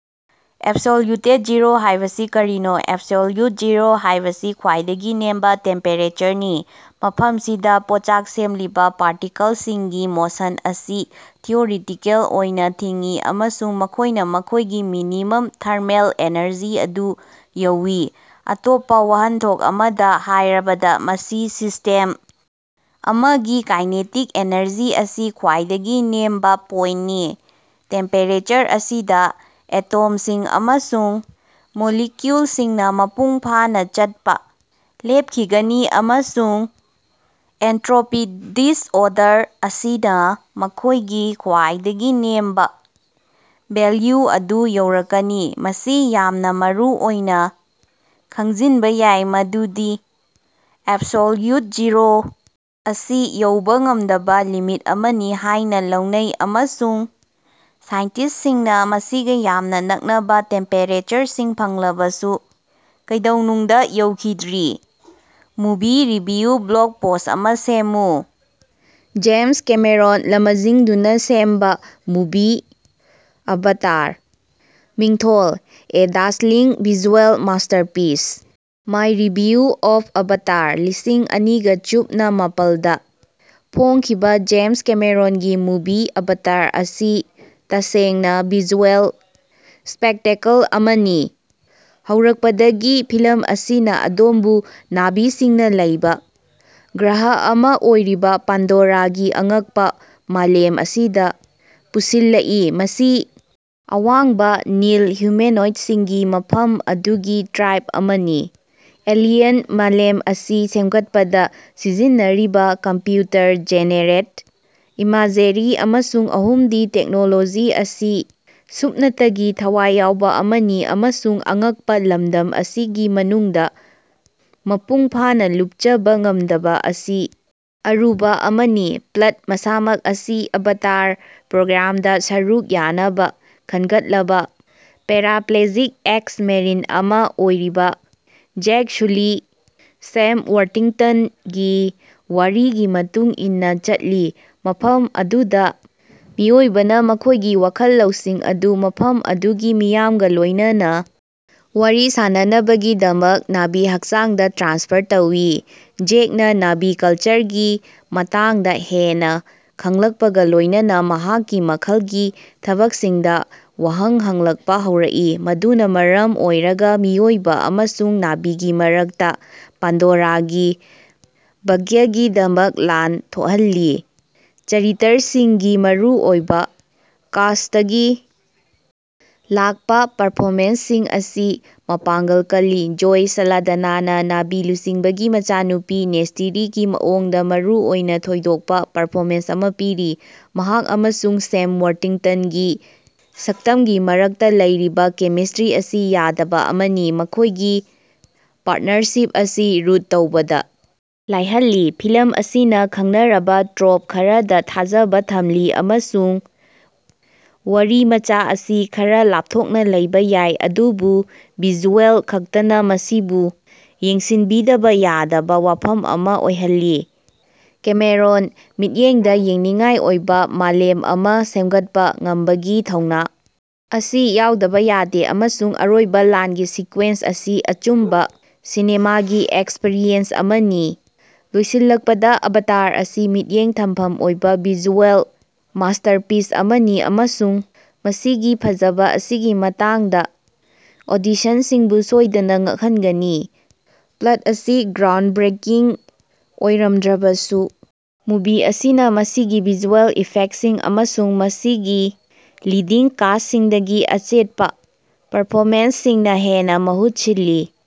ꯑꯦꯕꯁꯣꯜꯌꯨꯇꯦꯗ zero ꯍꯥꯢꯕꯁꯤ ꯀꯔꯤꯅꯣ? Absolute zero ꯍꯥꯢꯕꯁꯤ ꯈ꯭ꯋꯥꯏꯗꯒꯤ ꯅꯦꯝꯕ ꯇꯦꯝꯄꯦꯔꯦꯆꯔꯅꯤ ꯃꯐꯝꯁꯤꯗꯥ ꯄꯣꯠꯆꯥꯛ ꯁꯦꯝꯂꯤꯕꯥ ꯄꯥꯔꯇꯤꯀꯜꯁꯤꯡꯒꯤ ꯃꯣꯁꯟ ꯑꯁꯤ ꯊꯤꯑꯣꯔꯤꯇꯤꯀꯦꯜ ꯑꯣꯏꯅ ꯊꯤꯡꯏ ꯑꯃꯁꯨꯡ ꯃꯈꯣꯢꯅ ꯃꯈꯣꯢꯒꯤ ꯃꯤꯅꯤꯃꯝ ꯊꯔꯃꯦꯜ ꯑꯦꯅꯔꯖꯤ ꯑꯗꯨ ꯌꯧꯏ꯫ ꯑꯇꯣꯞꯄꯥ ꯋꯥꯍꯟꯊꯣꯛ ꯑꯃꯗꯥ ꯍꯥꯢꯔꯕꯗ ꯃꯁꯤ ꯁꯤꯁꯇꯦꯝ ꯑꯃꯒꯤ ꯀꯥꯏꯅꯦꯇꯤꯛ ꯑꯦꯅꯔꯖꯤ ꯑꯁꯤ ꯈ꯭ꯋꯥꯏꯗꯒꯤ ꯅꯦꯝꯕ ꯄꯣꯏꯟꯇꯅꯤ꯫ ꯇꯦꯝꯄꯦꯔꯦꯆꯔ ꯑꯁꯤꯗ ꯑꯦꯇꯣꯝꯁꯤꯡ ꯑꯃꯁꯨꯡ ꯃꯣꯂꯤꯀ꯭ꯌꯨꯜꯁꯤꯡꯅ ꯃꯄꯨꯡꯐꯥꯅ ꯆꯠꯄ ꯂꯦꯞꯈꯤꯒꯅꯤ ꯑꯃꯁꯨꯡ ꯑꯦꯟꯇ꯭ꯔꯣꯄꯤ (ꯗꯤꯁꯑꯣꯔꯗꯔ) ꯑꯁꯤꯅꯥ ꯃꯈꯣꯢꯒꯤ ꯈ꯭ꯋꯥꯏꯗꯒꯤ ꯅꯦꯝꯕ ꯚꯦꯜꯌꯨ ꯑꯗꯨ ꯌꯧꯔꯛꯀꯅꯤ꯫ ꯃꯁꯤ ꯌꯥꯝꯅ ꯃꯔꯨꯑꯣꯏꯅ ꯈꯪꯖꯤꯟꯕ ꯌꯥꯏ ꯃꯗꯨꯗꯤ ꯑꯦꯕꯁꯣꯜꯌꯨꯠ ꯖꯤꯔꯣ ꯑꯁꯤ ꯌꯧꯕꯥ ꯉꯝꯗꯕꯥ ꯂꯤꯃꯤꯠ ꯑꯃꯅꯤ ꯍꯥꯢꯅ ꯂꯧꯅꯩ ꯑꯃꯁꯨꯡ ꯁꯥꯏꯟꯇꯤꯁ꯭ꯇꯁꯤꯡꯅ ꯃꯁꯤꯒꯥ ꯌꯥꯝꯅ ꯅꯛꯅꯕ ꯇꯦꯝꯄꯦꯔꯦꯆꯔꯁꯤꯡ ꯐꯪꯂꯕꯁꯨ ꯀꯩꯗꯧꯅꯨꯡꯗ ꯌꯧꯈꯤꯗ꯭ꯔꯤ꯫ ꯃꯨꯚꯤ ꯔꯤꯚꯤꯌꯨ ꯕ꯭ꯂꯣꯒ ꯄꯣꯁ꯭ꯠ ꯑꯃꯥ ꯁꯦꯝꯃꯨ꯫ ꯖꯦꯃꯁ ꯀꯦꯃꯦꯔꯣꯟ ꯂꯃꯖꯤꯡꯗꯨꯅ ꯁꯦꯝꯕ ꯃꯨꯚꯤ ꯑꯚꯥꯇꯥꯔ꯫ ꯃꯤꯡꯊꯣꯜ: a dazzling visual masterpiece: my review of Avatar ꯂꯤꯁꯤꯡ ꯑꯅꯤꯒ ꯁꯨꯞꯅ ꯃꯥꯄꯜꯗꯥ ꯐꯣꯡꯈꯤꯕ ꯖꯦꯃꯁ ꯀꯦꯃꯦꯔꯣꯟꯒꯤ ꯃꯨꯚꯤ ꯑꯚꯥꯇꯔ ꯑꯁꯤ ꯇꯁꯦꯡꯅ ꯚꯤꯖꯨꯑꯦꯜ ꯁ꯭ꯄꯦꯛꯇꯦꯀꯜ ꯑꯃꯅꯤ꯫ ꯍꯧꯔꯛꯄꯗꯒꯤ ꯐꯤꯂꯝ ꯑꯁꯤꯅ ꯑꯗꯣꯝꯕꯨ ꯅꯥꯚꯤꯁꯤꯡꯅꯥ ꯂꯩꯕꯥ ꯒ꯭ꯔꯍ ꯑꯃ ꯑꯣꯏꯔꯤꯕ ꯄꯥꯟꯗꯣꯔꯥꯒꯤ ꯑꯉꯛꯄ ꯃꯥꯂꯦꯝ ꯑꯁꯤꯗ ꯄꯨꯁꯤꯜꯂꯛꯏ ꯃꯁꯤ ꯑꯋꯥꯡꯕꯥ, ꯅꯤꯜ ꯍ꯭ꯌꯨꯃꯦꯅꯣꯏꯗꯁꯤꯡꯒꯤ ꯃꯐꯝ ꯑꯗꯨꯒꯤ ꯇ꯭ꯔꯥꯏꯕ ꯑꯃꯅꯤ꯫ ꯑꯦꯂꯤꯌꯟ ꯃꯥꯂꯦꯝ ꯑꯁꯤ ꯁꯦꯝꯒꯠꯄꯗ ꯁꯤꯖꯤꯟꯅꯔꯤꯕꯥ ꯀꯝꯄ꯭ꯌꯨꯇꯔ ꯖꯦꯅꯦꯔꯦꯠ ꯏꯃꯥꯖꯦꯔꯤ ꯑꯃꯁꯨꯡ ꯑꯍꯨꯝꯗꯤ ꯇꯦꯛꯅꯣꯂꯣꯖꯤ ꯑꯁꯤ ꯁꯨꯞꯅꯇꯒꯤ ꯊꯋꯥꯏ ꯌꯥꯎꯕꯥ ꯑꯃꯅꯤ ꯑꯃꯁꯨꯡ ꯑꯉꯛꯄ ꯂꯝꯗꯝ ꯑꯁꯤꯒꯤ ꯃꯅꯨꯡꯗ ꯃꯄꯨꯡ ꯐꯥꯅ ꯂꯨꯞꯆꯕ ꯉꯝꯗꯕ ꯑꯁꯤ ꯑꯔꯨꯕ ꯑꯃꯅꯤ꯫ ꯄ꯭ꯂꯠ ꯃꯁꯥꯃꯛ ꯑꯁꯤ ꯑꯚꯇꯥꯔ ꯄ꯭ꯔꯣꯒ꯭ꯔꯥꯝꯗ ꯁꯔꯨꯛ ꯌꯥꯅꯕ ꯈꯟꯒꯠꯂꯕ ꯄꯦꯔꯥꯄ꯭ꯂꯦꯖꯤꯛ ꯑꯦꯛꯁ-ꯃꯦꯔꯤꯟ ꯑꯃ ꯑꯣꯏꯔꯤꯕ ꯖꯦꯛ ꯁꯨꯂꯤ (ꯁꯦꯝ ꯋꯔꯇꯤꯡꯇꯟ)ꯒꯤ ꯋꯥꯔꯤꯒꯤ ꯃꯇꯨꯡ ꯏꯟꯅ ꯆꯠꯂꯤ ꯃꯐꯝ ꯑꯗꯨꯗ ꯃꯤꯑꯣꯏꯕꯅ ꯃꯈꯣꯢꯒꯤ ꯋꯥꯈꯜ ꯂꯧꯁꯤꯡ ꯑꯗꯨ ꯃꯐꯝ ꯑꯗꯨꯒꯤ ꯃꯤꯌꯥꯝꯒ ꯂꯣꯢꯅꯅꯥ ꯋꯥꯔꯤ ꯁꯥꯅꯅꯕꯒꯤꯗꯃꯛ ꯅꯥꯚꯤ ꯍꯛꯆꯥꯡꯗ ꯇ꯭ꯔꯥꯟꯁꯐꯔ ꯇꯧꯏ꯫ ꯖꯦꯛꯅꯥ ꯅꯥꯚꯤ ꯀꯜꯆꯔꯒꯤ ꯃꯇꯥꯡꯗ ꯍꯦꯟꯅ ꯈꯡꯂꯛꯄꯒ ꯂꯣꯢꯅꯅꯥ ꯃꯍꯥꯛꯀꯤ ꯃꯈꯜꯒꯤ ꯊꯕꯛꯁꯤꯡꯗꯥ ꯋꯥꯍꯪ ꯍꯪꯂꯛꯄꯥ ꯍꯧꯔꯛꯏ ꯃꯗꯨꯅ ꯃꯔꯝ ꯑꯣꯏꯔꯒ ꯃꯤꯑꯣꯏꯕ ꯑꯃꯁꯨꯡ ꯅꯥꯚꯤꯒꯤ ꯃꯔꯛꯇ ꯄꯥꯟꯗꯣꯔꯥꯒꯤ ꯚꯥꯒ꯭ꯌꯒꯤꯗꯃꯛ ꯂꯥꯟ ꯊꯣꯛꯍꯜꯂꯤ꯫ ꯆꯔꯤꯇꯔꯁꯤꯡꯒꯤ ꯃꯔꯨꯑꯣꯏꯕ ꯀꯥꯁ꯭ꯇꯇꯒꯤ ꯂꯥꯛꯄ ꯄꯔꯐꯣꯃꯦꯟꯁꯁꯤꯡ ꯑꯁꯤ ꯃꯄꯥꯡꯒꯜ ꯀꯜꯂꯤ ꯖꯣꯏ ꯁꯥꯂꯗꯥꯅꯥꯅꯥ ꯅꯥꯚꯤ ꯂꯨꯆꯤꯡꯕꯒꯤ ꯃꯆꯥꯅꯨꯄꯤ ꯅꯦꯏꯇꯤꯔꯤꯒꯤ ꯃꯑꯣꯡꯗ ꯃꯔꯨꯑꯣꯏꯅ ꯊꯣꯏꯗꯣꯛꯄ ꯄꯔꯐꯣꯃꯦꯟꯁ ꯑꯃ ꯄꯤꯔꯤ꯫ ꯃꯍꯥꯛ ꯑꯃꯁꯨꯡ ꯁꯦꯝ ꯋꯔꯇꯤꯡꯇꯟꯒꯤ ꯁꯛꯇꯝꯒꯤ ꯃꯔꯛꯇ ꯂꯩꯔꯤꯕꯥ ꯀꯦꯃꯤꯁꯇ꯭ꯔꯤ ꯑꯁꯤ ꯌꯥꯗꯕ ꯑꯃꯅꯤ ꯃꯈꯣꯢꯒꯤ ꯄꯥꯔꯇꯅꯔꯁꯤꯞ ꯑꯁꯤ ꯔꯨꯠ ꯇꯧꯕꯗ ꯂꯥꯏꯍꯜꯂꯤ꯫ ꯐꯤꯂꯝ ꯑꯁꯤꯅ ꯈꯡꯅꯔꯕ ꯇ꯭ꯔꯣꯞ ꯈꯔꯗꯥ ꯊꯥꯖꯕ ꯊꯝꯂꯤ ꯑꯃꯁꯨꯡ ꯋꯥꯔꯤꯃꯆꯥ ꯑꯁꯤ ꯈꯔ ꯂꯥꯞꯊꯣꯛꯅ ꯂꯩꯕꯥ ꯌꯥꯏ ꯑꯗꯨꯕꯨ ꯚꯤꯖꯨꯑꯦꯜ ꯈꯛꯇꯅ ꯃꯁꯤꯕꯨ ꯌꯦꯡꯁꯤꯟꯕꯤꯗꯕ ꯌꯥꯗꯕ ꯋꯥꯐꯝ ꯑꯃ ꯑꯣꯏꯍꯜꯂꯤ꯫ ꯀꯦꯃꯦꯔꯣꯟ ꯃꯤꯠꯌꯦꯡꯗ ꯌꯦꯡꯅꯤꯡꯉꯥꯏ ꯑꯣꯏꯕ ꯃꯥꯂꯦꯝ ꯑꯃ ꯁꯦꯝꯒꯠꯄ ꯉꯝꯕꯒꯤ ꯊꯧꯅꯥ ꯑꯁꯤ ꯌꯥꯎꯗꯕ ꯌꯥꯗꯦ ꯑꯃꯁꯨꯡ ꯑꯔꯣꯏꯕ ꯂꯥꯟꯒꯤ ꯁꯤꯀ꯭ꯋꯦꯟꯁ ꯑꯁꯤ ꯑꯆꯨꯝꯕꯥ ꯁꯤꯅꯦꯃꯥꯒꯤ ꯑꯦꯛꯁꯄꯔꯤꯌꯦꯟꯁ ꯑꯃꯅꯤ꯫ ꯂꯣꯏꯁꯤꯜꯂꯛꯄꯗ ꯑꯚꯇꯥꯔ ꯑꯁꯤ ꯃꯤꯠꯌꯦꯡ ꯊꯝꯐꯝ ꯑꯣꯏꯕ ꯚꯤꯖꯨꯑꯦꯜ ꯃꯥꯁꯇꯔꯄꯤꯁ ꯑꯃꯅꯤ ꯑꯃꯁꯨꯡ ꯃꯁꯤꯒꯤ ꯐꯖꯕ ꯑꯁꯤꯒꯤ ꯃꯇꯥꯡꯗ ꯑꯣꯗꯤꯁꯟꯁꯤꯡꯕꯨ ꯁꯣꯏꯗꯅ ꯉꯛꯍꯟꯒꯅꯤ꯫ ꯄ꯭ꯂꯠ ꯑꯁꯤ ꯒ꯭ꯔꯥꯎꯟꯗꯕ꯭ꯔꯦꯀꯤꯡ ꯑꯣꯏꯔꯝꯗ꯭ꯔꯕꯁꯨ ꯃꯨꯚꯤ ꯑꯁꯤꯅ ꯃꯁꯤꯒꯤ ꯚꯤꯖꯨꯑꯦꯜ ꯏꯐꯦꯛꯇꯁꯤꯡ ꯑꯃꯁꯨꯡ ꯃꯁꯤꯒꯤ ꯂꯤꯗꯤꯡ ꯀꯥꯁ꯭ꯇꯁꯤꯡꯗꯒꯤ ꯑꯆꯦꯠꯄ ꯄꯔꯐꯣꯃꯦꯟꯁꯁꯤꯡꯅ ꯍꯦꯟꯅ ꯃꯍꯨꯠ ꯁꯤꯜꯂꯤ꯫